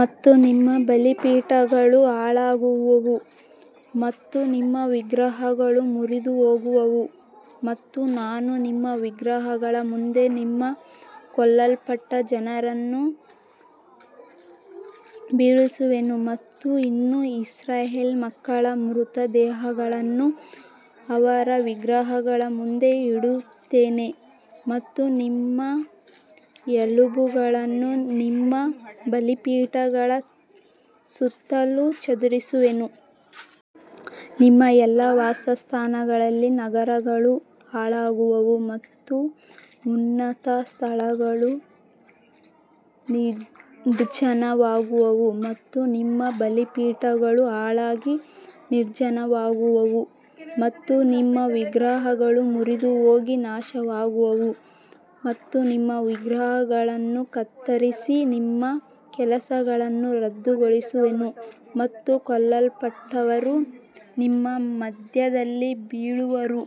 ಮತ್ತು ನಿಮ್ಮ ಬಲಿಪೀಠಗಳು ಹಾಳಾಗುವವು ಮತ್ತು ನಿಮ್ಮ ವಿಗ್ರಹಗಳು ಮುರಿದುಹೋಗುವವು ಮತ್ತು ನಾನು ನಿಮ್ಮ ವಿಗ್ರಹಗಳ ಮುಂದೆ ನಿಮ್ಮ ಕೊಲ್ಲಲ್ಪಟ್ಟ ಜನರನ್ನು ಬೀಳಿಸುವೆನು. ಮತ್ತು ನಾನು ಇಸ್ರಾಯೇಲ್ ಮಕ್ಕಳ ಮೃತ ದೇಹಗಳನ್ನು ಅವರ ವಿಗ್ರಹಗಳ ಮುಂದೆ ಇಡುತ್ತೇನೆ ಮತ್ತು ನಿಮ್ಮ ಎಲುಬುಗಳನ್ನು ನಿಮ್ಮ ಬಲಿಪೀಠಗಳ ಸುತ್ತಲೂ ಚದುರಿಸುವೆನು. ನಿಮ್ಮ ಎಲ್ಲಾ ವಾಸಸ್ಥಳಗಳಲ್ಲಿ ನಗರಗಳು ಹಾಳಾಗುವವು ಮತ್ತು ಉನ್ನತ ಸ್ಥಳಗಳು ನಿರ್ಜನವಾಗುವವು ಮತ್ತು ನಿಮ್ಮ ಬಲಿಪೀಠಗಳು ಹಾಳಾಗಿ ನಿರ್ಜನವಾಗುವವು ಮತ್ತು ನಿಮ್ಮ ವಿಗ್ರಹಗಳು ಮುರಿದುಹೋಗಿ ನಾಶವಾಗುವವು ಮತ್ತು ನಿಮ್ಮ ವಿಗ್ರಹಗಳನ್ನು ಕತ್ತರಿಸಿ ನಿಮ್ಮ ಕೆಲಸಗಳನ್ನು ರದ್ದುಗೊಳಿಸುವೆನು. ಮತ್ತು ಕೊಲ್ಲಲ್ಪಟ್ಟವರು ನಿಮ್ಮ ಮಧ್ಯದಲ್ಲಿ ಬೀಳುವರು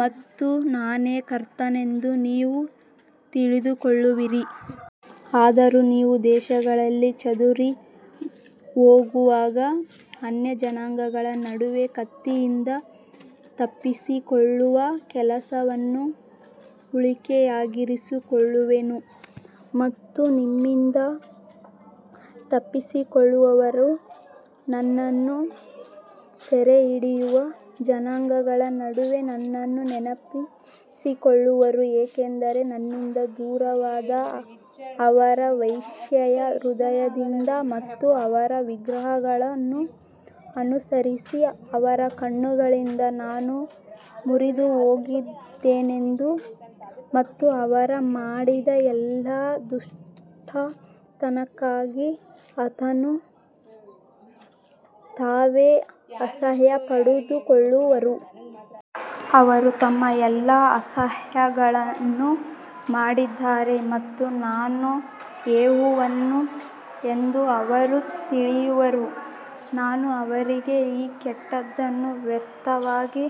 ಮತ್ತು ನಾನೇ ಕರ್ತನೆಂದು ನೀವು ತಿಳಿದುಕೊಳ್ಳುವಿರಿ. ಆದರೂ ನೀವು ದೇಶಗಳಲ್ಲಿ ಚದುರಿಹೋಗುವಾಗ ಅನ್ಯಜನಾಂಗಗಳ ನಡುವೆ ಕತ್ತಿಯಿಂದ ತಪ್ಪಿಸಿಕೊಳ್ಳುವ ಕೆಲವರನ್ನು ಉಳಿಕೆಯಾಗಿರಿಸುವೆನು. ಮತ್ತು ನಿಮ್ಮಿಂದ ತಪ್ಪಿಸಿಕೊಳ್ಳುವವರು ನನ್ನನ್ನು ಸೆರೆಹಿಡಿಯುವ ಜನಾಂಗಗಳ ನಡುವೆ ನನ್ನನ್ನು ನೆನಪಿಸಿಕೊಳ್ಳುವರು, ಏಕೆಂದರೆ ನನ್ನಿಂದ ದೂರವಾದ ಅವರ ವೇಶ್ಯೆಯ ಹೃದಯದಿಂದ ಮತ್ತು ಅವರ ವಿಗ್ರಹಗಳನ್ನು ಅನುಸರಿಸಿದ ಅವರ ಕಣ್ಣುಗಳಿಂದ ನಾನು ಮುರಿದುಹೋಗಿದ್ದೇನೆ ಮತ್ತು ಅವರು ಮಾಡಿದ ಎಲ್ಲಾ ದುಷ್ಟತನಕ್ಕಾಗಿ ತಮ್ಮನ್ನು ತಾವೇ ಅಸಹ್ಯಪಡಿಕೊಳ್ಳುವರು. ಅವರು ತಮ್ಮ ಎಲ್ಲಾ ಅಸಹ್ಯಗಳನ್ನು ಮಾಡಿದ್ದಾರೆ ಮತ್ತು ನಾನು ಯೆಹೋವನು ಎಂದು ಅವರು ತಿಳಿಯುವರು, ನಾನು ಅವರಿಗೆ ಈ ಕೆಟ್ಟದ್ದನ್ನು ವ್ಯರ್ಥವಾಗಿ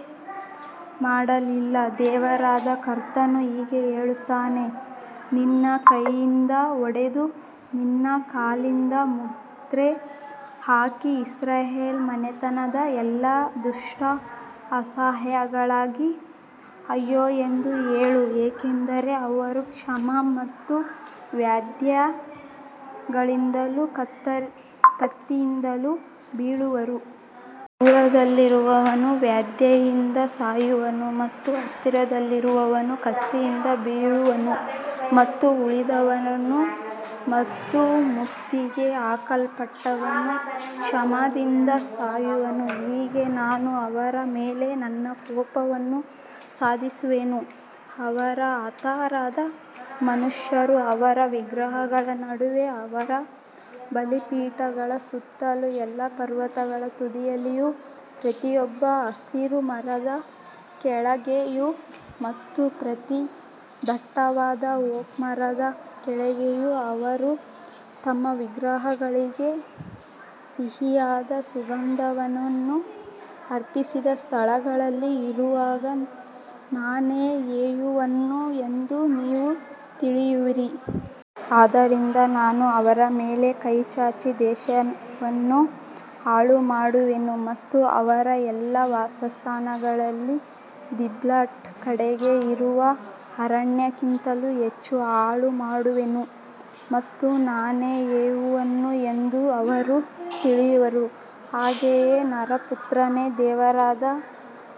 ಮಾಡಲಿಲ್ಲ. ದೇವರಾದ ಕರ್ತನು ಹೀಗೆ ಹೇಳುತ್ತಾನೆ, ನಿನ್ನ ಕೈಯಿಂದ ಹೊಡೆದು ನಿನ್ನ ಕಾಲಿನಿಂದ ಮುದ್ರೆ ಹಾಕಿ, ಇಸ್ರಾಯೇಲ್ ಮನೆತನದ ಎಲ್ಲಾ ದುಷ್ಟ ಅಸಹ್ಯಗಳಿಗಾಗಿ ಅಯ್ಯೋ ಎಂದು ಹೇಳು, ಏಕೆಂದರೆ ಅವರು ಕ್ಷಾಮ ಮತ್ತು ವ್ಯಾಧಿಗಳಿಂದಲೂ ಕತ್ತಿಯಿಂದಲೂ ಬೀಳುವರು. ದೂರದಲ್ಲಿರುವವನು ವ್ಯಾಧಿಯಿಂದ ಸಾಯುವನು ಮತ್ತು ಹತ್ತಿರದಲ್ಲಿರುವವನು ಕತ್ತಿಯಿಂದ ಬೀಳುವನು ಮತ್ತು ಉಳಿದಿರುವವನು ಮತ್ತು ಮುತ್ತಿಗೆ ಹಾಕಲ್ಪಟ್ಟವನು ಕ್ಷಾಮದಿಂದ ಸಾಯುವನು, ಹೀಗೆ ನಾನು ಅವರ ಮೇಲೆ ನನ್ನ ಕೋಪವನ್ನು ಸಾಧಿಸುವೆನು. ಅವರ ಹತರಾದ ಮನುಷ್ಯರು ಅವರ ವಿಗ್ರಹಗಳ ನಡುವೆ, ಅವರ ಬಲಿಪೀಠಗಳ ಸುತ್ತಲೂ, ಎಲ್ಲಾ ಪರ್ವತಗಳ ತುದಿಗಳಲ್ಲಿಯೂ, ಪ್ರತಿಯೊಂದು ಹಸಿರು ಮರದ ಕೆಳಗೆಯೂ ಮತ್ತು ಪ್ರತಿ ದಟ್ಟವಾದ ಓಕ್ ಮರದ ಕೆಳಗೆಯೂ ಅವರು ತಮ್ಮ ವಿಗ್ರಹಗಳಿಗೆ ಸಿಹಿಯಾದ ಸುಗಂಧವನ್ನು ಅರ್ಪಿಸಿದ ಸ್ಥಳಗಳಲ್ಲಿ ಇರುವಾಗ, ನಾನೇ ಯೆಹೋವನು ಎಂದು ನೀವು ತಿಳಿಯುವಿರಿ. ಆದ್ದರಿಂದ ನಾನು ಅವರ ಮೇಲೆ ಕೈಚಾಚಿ ದೇಶವನ್ನು ಹಾಳುಮಾಡುವೆನು ಮತ್ತು ಅವರ ಎಲ್ಲಾ ವಾಸಸ್ಥಾನಗಳಲ್ಲಿ ದಿಬ್ಲಾತ್ ಕಡೆಗೆ ಇರುವ ಅರಣ್ಯಕ್ಕಿಂತಲೂ ಹೆಚ್ಚು ಹಾಳುಮಾಡುವೆನು ಮತ್ತು ನಾನೇ ಯೆಹೋವನು ಎಂದು ಅವರು ತಿಳಿಯುವರು. ಹಾಗೆಯೇ ನರಪುತ್ರನೇ, ದೇವರಾದ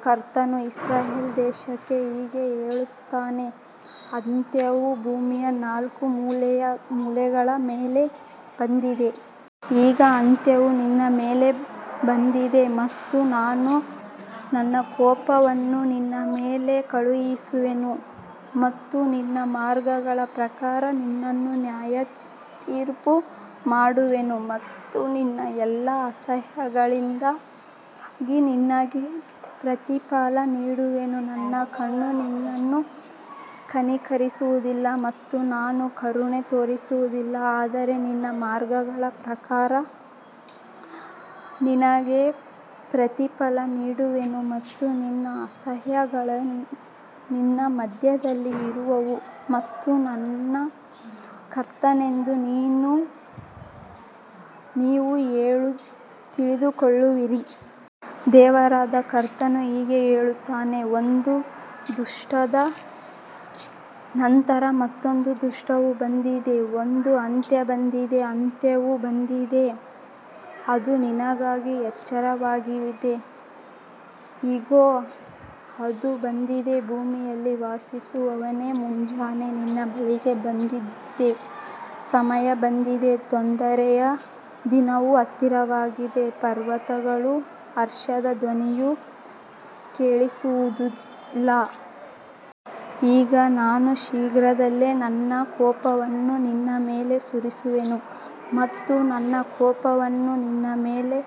ಕರ್ತನು ಇಸ್ರಾಯೇಲ್ ದೇಶಕ್ಕೆ ಹೀಗೆ ಹೇಳುತ್ತಾನೆ, ಅಂತ್ಯವು ಭೂಮಿಯ ನಾಲ್ಕು ಮೂಲೆಗಳ ಮೇಲೆ ಬಂದಿದೆ. ಈಗ ಅಂತ್ಯವು ನಿನ್ನ ಮೇಲೆ ಬಂದಿದೆ ಮತ್ತು ನಾನು ನನ್ನ ಕೋಪವನ್ನು ನಿನ್ನ ಮೇಲೆ ಕಳುಹಿಸುವೆನು ಮತ್ತು ನಿನ್ನ ಮಾರ್ಗಗಳ ಪ್ರಕಾರ ನಿನ್ನನ್ನು ನ್ಯಾಯತೀರ್ಪು ಮಾಡುವೆನು ಮತ್ತು ನಿನ್ನ ಎಲ್ಲಾ ಅಸಹ್ಯಗಳಿಗಾಗಿ ನಿನಗೆ ಪ್ರತಿಫಲ ನೀಡುವೆನು. ನನ್ನ ಕಣ್ಣು ನಿನ್ನನ್ನು ಕನಿಕರಿಸುವುದಿಲ್ಲ ಮತ್ತು ನಾನು ಕರುಣೆ ತೋರಿಸುವುದಿಲ್ಲ, ಆದರೆ ನಿನ್ನ ಮಾರ್ಗಗಳ ಪ್ರಕಾರ ನಿನಗೆ ಪ್ರತಿಫಲ ನೀಡುವೆನು ಮತ್ತು ನಿನ್ನ ಅಸಹ್ಯಗಳು ನಿನ್ನ ಮಧ್ಯದಲ್ಲಿ ಇರುವವು ಮತ್ತು ನಾನು ಕರ್ತನೆಂದು ನೀವು ತಿಳಿದುಕೊಳ್ಳುವಿರಿ. ದೇವರಾದ ಕರ್ತನು ಹೀಗೆ ಹೇಳುತ್ತಾನೆ, ಒಂದು ದುಷ್ಟದ ನಂತರ ಮತ್ತೊಂದು ದುಷ್ಟವು ಬಂದಿದೆ, ಒಂದು ಅಂತ್ಯ ಬಂದಿದೆ, ಅಂತ್ಯವು ಬಂದಿದೆ, ಅದು ನಿನಗಾಗಿ ಎಚ್ಚರವಾಗಿದೆ, ಇಗೋ, ಅದು ಬಂದಿದೆ. ಭೂಮಿಯಲ್ಲಿ ವಾಸಿಸುವವನೇ, ಮುಂಜಾನೆ ನಿನ್ನ ಬಳಿಗೆ ಬಂದಿದೆ, ಸಮಯ ಬಂದಿದೆ, ತೊಂದರೆಯ ದಿನವು ಹತ್ತಿರವಾಗಿದೆ, ಪರ್ವತಗಳಲ್ಲಿ ಹರ್ಷದ ಧ್ವನಿಯು ಕೇಳಿಸುವುದಿಲ್ಲ. ಈಗ ನಾನು ಶೀಘ್ರದಲ್ಲೇ ನನ್ನ ಕೋಪವನ್ನು ನಿನ್ನ ಮೇಲೆ ಸುರಿಸುವೆನು ಮತ್ತು ನನ್ನ ಕೋಪವನ್ನು ನಿನ್ನ ಮೇಲೆ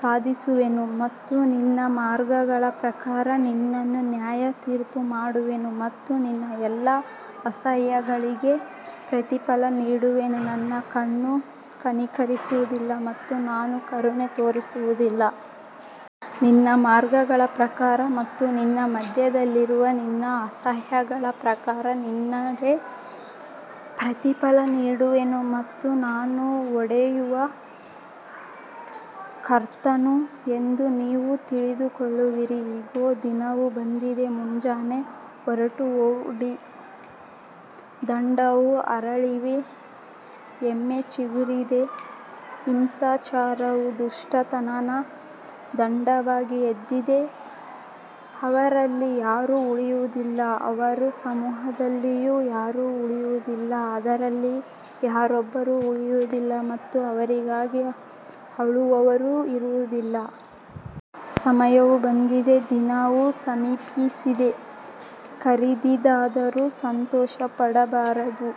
ಸಾಧಿಸುವೆನು ಮತ್ತು ನಿನ್ನ ಮಾರ್ಗಗಳ ಪ್ರಕಾರ ನಿನ್ನನ್ನು ನ್ಯಾಯತೀರ್ಪು ಮಾಡುವೆನು ಮತ್ತು ನಿನ್ನ ಎಲ್ಲಾ ಅಸಹ್ಯಗಳಿಗೆ ಪ್ರತಿಫಲ ನೀಡುವೆನು. ನನ್ನ ಕಣ್ಣು ಕನಿಕರಿಸುವುದಿಲ್ಲ ಮತ್ತು ನಾನು ಕರುಣೆ ತೋರಿಸುವುದಿಲ್ಲ. ನಿನ್ನ ಮಾರ್ಗಗಳ ಪ್ರಕಾರ ಮತ್ತು ನಿನ್ನ ಮಧ್ಯದಲ್ಲಿರುವ ನಿನ್ನ ಅಸಹ್ಯಗಳ ಪ್ರಕಾರ ನಿನಗೆ ಪ್ರತಿಫಲ ನೀಡುವೆನು ಮತ್ತು ನಾನು ಹೊಡೆಯುವ ಕರ್ತನು ಎಂದು ನೀವು ತಿಳಿದುಕೊಳ್ಳುವಿರಿ. ಇಗೋ, ದಿನವು ಬಂದಿದೆ, ಮುಂಜಾನೆ ಹೊರಟುಹೋಗಿದೆ, ದಂಡವು ಅರಳಿದೆ, ಹೆಮ್ಮೆ ಚಿಗುರಿದೆ. ಹಿಂಸಾಚಾರವು ದುಷ್ಟತನದ ದಂಡವಾಗಿ ಎದ್ದಿದೆ. ಅವರಲ್ಲಿ ಯಾರೂ ಉಳಿಯುವುದಿಲ್ಲ, ಅವರ ಸಮೂಹದಲ್ಲಿಯೂ ಯಾರೂ ಉಳಿಯುವುದಿಲ್ಲ, ಅವರಲ್ಲಿ ಯಾರೊಬ್ಬರೂ ಉಳಿಯುವುದಿಲ್ಲ ಮತ್ತು ಅವರಿಗಾಗಿ ಅಳುವವರೂ ಇರುವುದಿಲ್ಲ. ಸಮಯವು ಬಂದಿದೆ, ದಿನವು ಸಮೀಪಿಸಿದೆ, ಖರೀದಿದಾರನು ಸಂತೋಷಪಡಬಾರದು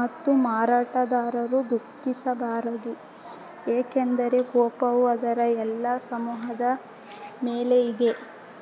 ಮತ್ತು ಮಾರಾಟಗಾರನು ದುಃಖಿಸಬಾರದು, ಏಕೆಂದರೆ ಕೋಪವು ಅದರ ಎಲ್ಲಾ ಸಮೂಹದ ಮೇಲೆ ಇದೆ.